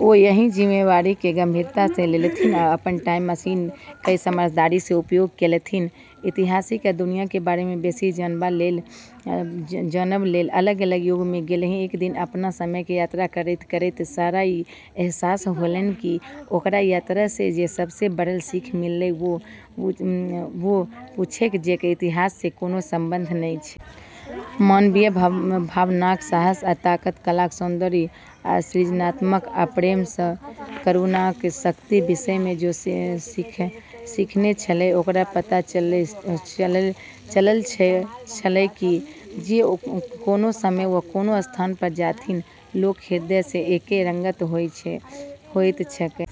ओ एहि जिम्मेदारी कए गंभीरता स लेलथि आ अपन टाइम मशीन कए समझदारी स उपयोग केलथि, इतिहास आ दुनिया क बारे मे बेसी जानबा लेल अलग-अलग युग मे गेलीह। एक दिन अपनऽ समय के यात्रा करतें-करतें सारा क॑ ई अहसास होलै कि ओकरऽ यात्रा स॑ जे सबसें बड़ऽ सीख मिललै, वू वू छै जेकरऽ इतिहास स॑ कोनो संबंध नै छै। मानवीय भावनाक साहस आ ताकत, कलाक सौन्दर्य आ सृजनात्मकता, आ प्रेम आ करुणाक शक्तिक विषय मे ओ सीखने छलीह। ओकरा पता चलल छलैक जे ओ कोनो समय वा कोनो स्थान पर जाथि, लोक हृदय सँ एके रंगक होइत छैक।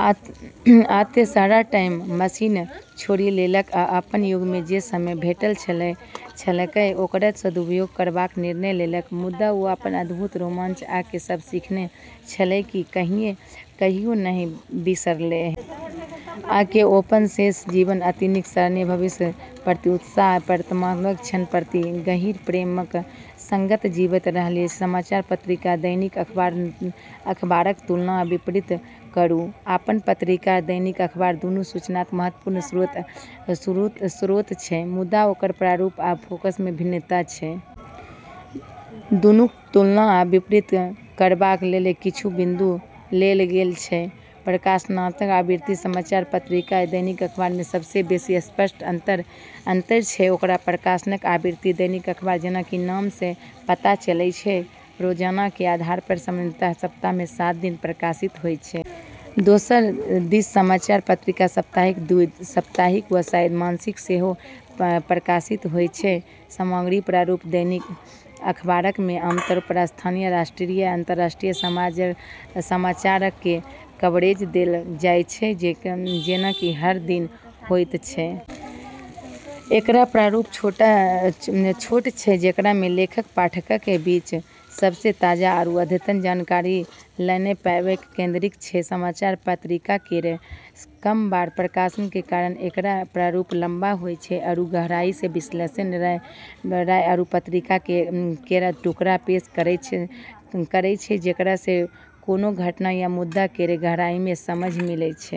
आ तें, सारा टाइम मशीन छोड़ि देलक आ अपन युग मे जे समय भेटल छलैक ओकर सदुपयोग करबाक निर्णय लेलक। मुदा ओ अपन अद्भुत रोमांच, आ जे सबक सीखने छलीह से कहियो नहि बिसरलीह। आ ओ अपन शेष जीवन अतीतक सराहना, भविष्यक प्रति उत्साह, आ वर्तमान क्षणक प्रति गहींर प्रेमक संग जीबैत रहलीह। समाचार पत्रिका आ दैनिक अखबारक तुलना आ विपरीत करू। समाचार पत्रिका आ दैनिक अखबार दुनू सूचनाक महत्वपूर्ण स्रोत अछि मुदा ओकर प्रारूप आ फोकस मे भिन्नता अछि। दुनूक तुलना आ विपरीत करबाक लेल किछु बिन्दु देल गेल अछि: प्रकाशनक आवृत्ति: समाचार पत्रिका आ दैनिक अखबार मे सबसँ बेसी स्पष्ट अंतर अछि ओकर प्रकाशनक आवृत्ति। दैनिक अखबार, जेना कि नाम सं पता चलै छै, रोजाना के आधार पर, सामान्यतः सप्ताह में सात दिन प्रकाशित होय छै. दोसर दिस समाचार पत्रिका साप्ताहिक, द्विसाप्ताहिक, वा शायद मासिक सेहो प्रकाशित होइत अछि। सामग्री प्रारूप: दैनिक अखबारक मे आमतौर पर स्थानीय, राष्ट्रीय आ अंतर्राष्ट्रीय समाचारक कें कवरेज देल जायत छै जेना कि हर दिन होयत छै. एकरऽ प्रारूप छोटऽ छै, जेकरा म॑ लेख पाठकऽ के बीच सबसें ताजा आरू अद्यतन जानकारी लानै प॑ केंद्रित छै। समाचार पत्रिका केरऽ कम बार प्रकाशन के कारण एकरऽ प्रारूप लम्बा होय छै आरू गहराई स॑ विश्लेषण, राय, आरू पत्रकारिता केरऽ टुकड़ा पेश करै छै जेकरा स॑ कोनो घटना या मुद्दा केरऽ गहराई स॑ समझ मिलै छै।